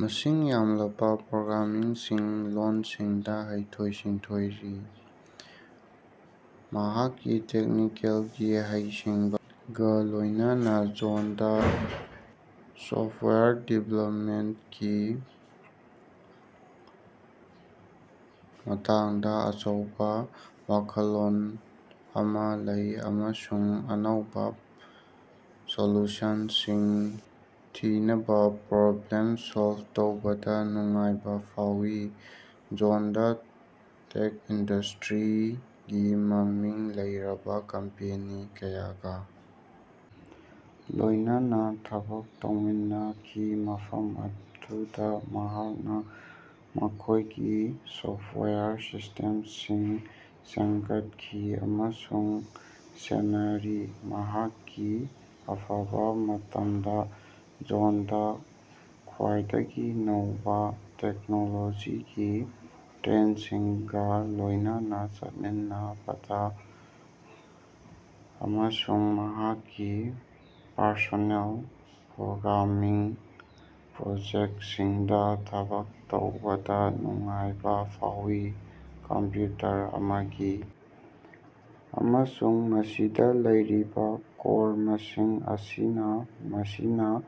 ꯃꯁꯤꯡ ꯌꯥꯝꯂꯕꯥ ꯄ꯭ꯔꯣꯒ꯭ꯔꯥꯃꯤꯡ ꯂꯣꯜꯁꯤꯡꯗꯥ ꯍꯩꯊꯣꯏ-ꯁꯤꯡꯊꯣꯏꯔꯤ꯫ ꯃꯍꯥꯛꯀꯤ ꯇꯦꯛꯅꯤꯀꯦꯜꯒꯤ ꯍꯩꯁꯤꯡꯕꯒꯥ ꯂꯣꯏꯅꯅꯥ ꯖꯣꯟꯗꯥ ꯁꯣꯐꯋꯦꯌꯔ ꯗꯤꯕꯦꯂꯞꯃꯦꯟꯇꯀꯤ ꯃꯇꯥꯡꯗꯥ ꯑꯆꯧꯕꯥ ꯋꯥꯈꯜꯂꯣꯟ ꯑꯃꯥ ꯂꯩ ꯑꯃꯁꯨꯡ ꯑꯅꯧꯕꯥ ꯁꯣꯂꯨꯁꯟꯁꯤꯡ ꯊꯤꯅꯕꯥ ꯄ꯭ꯔꯣꯕ꯭ꯂꯦꯝ ꯁꯣꯜꯕ ꯇꯧꯕꯗꯥ ꯅꯨꯡꯉꯥꯏꯕꯥ ꯐꯥꯎꯏ꯫ ꯖꯣꯟꯗꯥ ꯇꯦꯛ ꯏꯟꯗꯁꯇ꯭ꯔꯤꯒꯤ ꯃꯃꯤꯡ ꯂꯩꯔꯕꯥ ꯀꯝꯄꯦꯅꯤ ꯀꯌꯥꯒꯥ ꯂꯣꯏꯅꯅꯥ ꯊꯕꯛ ꯇꯧꯃꯤꯟꯅꯈꯤ ꯃꯐꯝ ꯑꯗꯨꯗꯥ ꯃꯍꯥꯛꯅꯥ ꯃꯈꯣꯏꯒꯤ ꯁꯣꯐꯋꯦꯌꯔ ꯁꯤꯁꯇꯦꯝꯁꯤꯡ ꯁꯦꯝꯒꯠꯈꯤ ꯑꯃꯁꯨꯡ ꯁꯦꯟꯅꯔꯤ꯫ ꯃꯍꯥꯛꯀꯤ ꯑꯐꯕꯥ ꯃꯇꯝꯗꯥ, ꯖꯣꯟꯗꯥ ꯈ꯭ꯋꯥꯏꯗꯒꯤ ꯅꯧꯕꯥ ꯇꯦꯛꯅꯣꯂꯣꯖꯤꯒꯤ ꯇ꯭ꯔꯦꯟꯗꯁꯤꯡꯒꯥ ꯂꯣꯏꯅꯅꯥ ꯆꯠꯃꯤꯟꯅꯕꯗꯥ ꯑꯃꯁꯨꯡ ꯃꯍꯥꯛꯀꯤ ꯄꯔꯁꯣꯅꯦꯜ ꯄ꯭ꯔꯣꯒ꯭ꯔꯥꯃꯤꯡ ꯄ꯭ꯔꯣꯖꯦꯛꯇꯁꯤꯡꯗꯥ ꯊꯕꯛ ꯇꯧꯕꯗꯥ ꯅꯨꯡꯉꯥꯏꯕꯥ ꯐꯥꯎꯏ꯫ ꯀꯝꯄ꯭ꯌꯨꯇꯔ ꯑꯃꯒꯤ ꯑꯃꯁꯨꯡ ꯃꯁꯤꯗꯥ ꯂꯩꯔꯤꯕꯥ ꯀꯣꯔ ꯃꯁꯤꯡ ꯑꯁꯤꯅꯥ ꯃꯁꯤꯅꯥ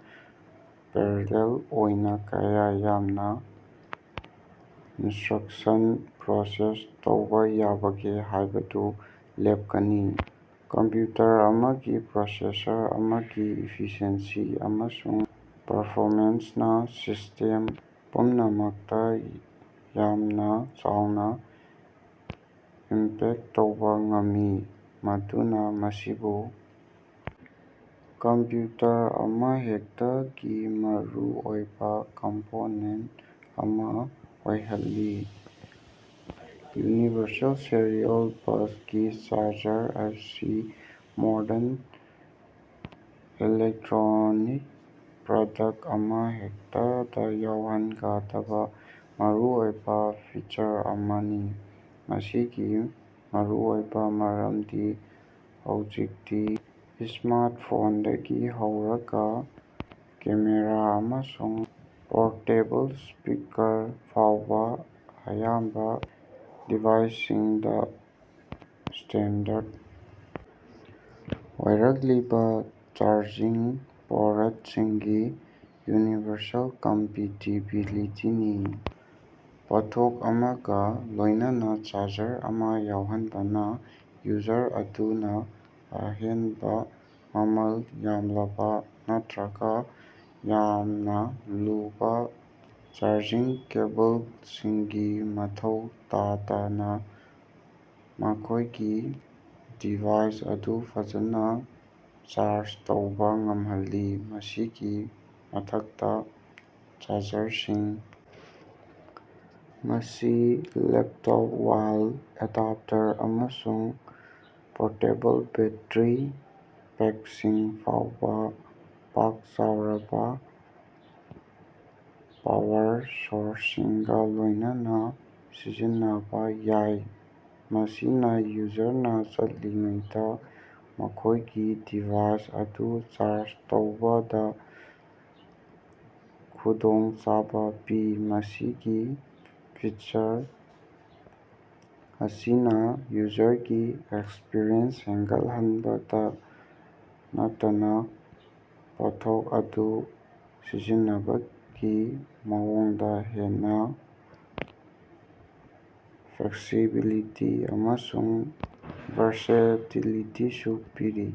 ꯄꯦꯔꯥꯂꯦꯜ ꯑꯣꯏꯅꯥ ꯀꯌꯥ ꯌꯥꯝꯅꯥ ꯏꯟꯁꯇ꯭ꯔꯛꯁꯟ ꯄ꯭ꯔꯣꯁꯦꯁ ꯇꯧꯕꯥ ꯌꯥꯕꯒꯦ ꯍꯥꯏꯕꯗꯨ ꯂꯦꯞꯀꯅꯤ꯫ ꯀꯝꯄ꯭ꯌꯨꯇꯔ ꯑꯃꯒꯤ ꯄ꯭ꯔꯣꯁꯦꯁꯔ ꯑꯃꯒꯤ ꯏꯐꯤꯁꯤꯑꯦꯟꯁꯤ ꯑꯃꯁꯨꯡ ꯄꯔꯐꯣꯃꯦꯟꯁꯅꯥ ꯁꯤꯁꯇꯦꯝ ꯄꯨꯝꯅꯃꯛꯇꯥ ꯌꯥꯝꯅꯥ ꯆꯥꯎꯅꯥ ꯏꯝꯄꯦꯛ ꯇꯧꯕꯥ ꯉꯝꯃꯤ, ꯃꯗꯨꯅꯥ ꯃꯁꯤꯕꯨ ꯀꯝꯄ꯭ꯌꯨꯇꯔ ꯑꯃꯍꯦꯛꯇꯒꯤ ꯃꯔꯨꯑꯣꯏꯕꯥ ꯀꯝꯄꯣꯅꯦꯟꯇ ꯑꯃꯥ ꯑꯣꯏꯍꯜꯂꯤ꯫ ꯌꯨꯅꯤꯕꯔꯁꯦꯜ ꯁꯦꯔꯤꯑꯦꯜ ꯕꯁꯒꯤ ꯆꯥꯔꯖꯔ ꯑꯁꯤ ꯃꯣꯔꯗꯟ ꯏꯂꯦꯛꯇ꯭ꯔꯣꯅꯤꯛ ꯄ꯭ꯔꯗꯛꯇ ꯑꯃꯍꯦꯛꯇꯗꯥ ꯌꯥꯎꯍꯟꯒꯗꯕꯥ ꯃꯔꯨꯑꯣꯏꯕꯥ ꯐꯤꯆꯔ ꯑꯃꯅꯤ꯫ ꯃꯁꯤꯒꯤ ꯃꯔꯨꯑꯣꯏꯕꯥ ꯃꯔꯝꯗꯤ ꯍꯧꯖꯤꯛꯇꯤ ꯁ꯭ꯃꯥꯔꯠꯐꯣꯟꯗꯒꯤ ꯍꯧꯔꯒꯥ ꯀꯦꯃꯦꯔꯥ ꯑꯃꯁꯨꯡ ꯄꯣꯔꯇꯦꯕꯜ ꯁ꯭ꯄꯤꯀꯥꯔ ꯐꯥꯎꯕꯥ ꯑꯌꯥꯝꯕꯥ ꯗꯤꯚꯥꯏꯁꯁꯤꯡꯗꯥ ꯁ꯭ꯇꯦꯟꯗꯔꯠ ꯑꯣꯏꯔꯛꯂꯤꯕꯥ ꯆꯥꯔꯖꯤꯡ ꯄꯣꯔꯠꯁꯤꯡꯒꯤ ꯌꯨꯅꯤꯚꯔꯁꯦꯜ ꯀꯝꯄꯦꯇꯤꯕꯤꯂꯤꯇꯤꯅꯤ꯫ ꯄꯣꯠꯊꯣꯛ ꯑꯃꯒꯥ ꯂꯣꯏꯅꯅꯥ ꯆꯥꯔꯖꯔ ꯑꯃꯥ ꯌꯥꯎꯍꯟꯕꯅꯥ ꯌꯨꯖꯔ ꯑꯗꯨꯅꯥ ꯑꯍꯦꯟꯕꯥ, ꯃꯃꯜ ꯌꯥꯝꯂꯕꯥ ꯅꯠꯇ꯭ꯔꯒꯥ ꯌꯥꯝꯅꯥ ꯂꯨꯕꯥ ꯆꯥꯔꯖꯤꯡ ꯀꯦꯕꯜꯁꯤꯡꯒꯤ ꯃꯊꯧ ꯇꯥꯗꯅꯥ ꯃꯈꯣꯏꯒꯤ ꯗꯤꯚꯥꯏꯁ ꯑꯗꯨ ꯐꯖꯅꯥ ꯆꯥꯔꯖ ꯇꯧꯕꯥ ꯉꯝꯍꯜꯂꯤ꯫ ꯃꯁꯤꯒꯤ ꯃꯊꯛꯇꯥ, ꯆꯥꯔꯖꯔꯁꯤꯡ ꯑꯁꯤ ꯂꯦꯞꯇꯣꯞ, ꯋꯥꯜ ꯑꯦꯗꯥꯞꯇꯔ, ꯑꯃꯁꯨꯡ ꯄꯣꯔꯇꯦꯕꯜ ꯕꯦꯠꯇꯔꯤ ꯄꯦꯛꯁꯤꯡ ꯐꯥꯎꯕꯥ ꯄꯥꯛ-ꯆꯥꯎꯔꯕꯥ ꯄꯥꯋꯔ ꯁꯣꯔꯁꯁꯤꯡꯒꯥ ꯂꯣꯏꯅꯅꯥ ꯁꯤꯖꯤꯟꯅꯕꯥ ꯌꯥꯏ, ꯃꯁꯤꯅꯥ ꯌꯨꯖꯔꯅꯥ ꯆꯠꯂꯤꯉꯩꯗꯥ ꯃꯈꯣꯏꯒꯤ ꯗꯤꯚꯥꯏꯁ ꯑꯗꯨ ꯆꯥꯔꯖ ꯇꯧꯕꯗꯥ ꯈꯨꯗꯣꯡꯆꯥꯕ ꯄꯤ꯫ ꯃꯁꯤꯒꯤ ꯐꯤꯆꯔ ꯑꯁꯤꯅꯥ ꯌꯨꯖꯔꯒꯤ ꯑꯦꯛꯁꯄꯤꯔꯤꯑꯦꯟꯁ ꯍꯦꯟꯒꯠꯍꯟꯕꯇꯥ ꯅꯠꯇꯅꯥ ꯄꯣꯠꯊꯣꯛ ꯑꯗꯨ ꯁꯤꯖꯤꯟꯅꯕꯒꯤ ꯃꯑꯣꯡꯗꯥ ꯍꯦꯟꯅꯥ ꯐ꯭ꯂꯦꯛꯁꯤꯕꯤꯂꯤꯇꯤ ꯑꯃꯁꯨꯡ ꯕꯥꯔꯁꯥꯏꯇꯤꯂꯤꯇꯤꯁꯨ ꯄꯤꯔꯤ꯫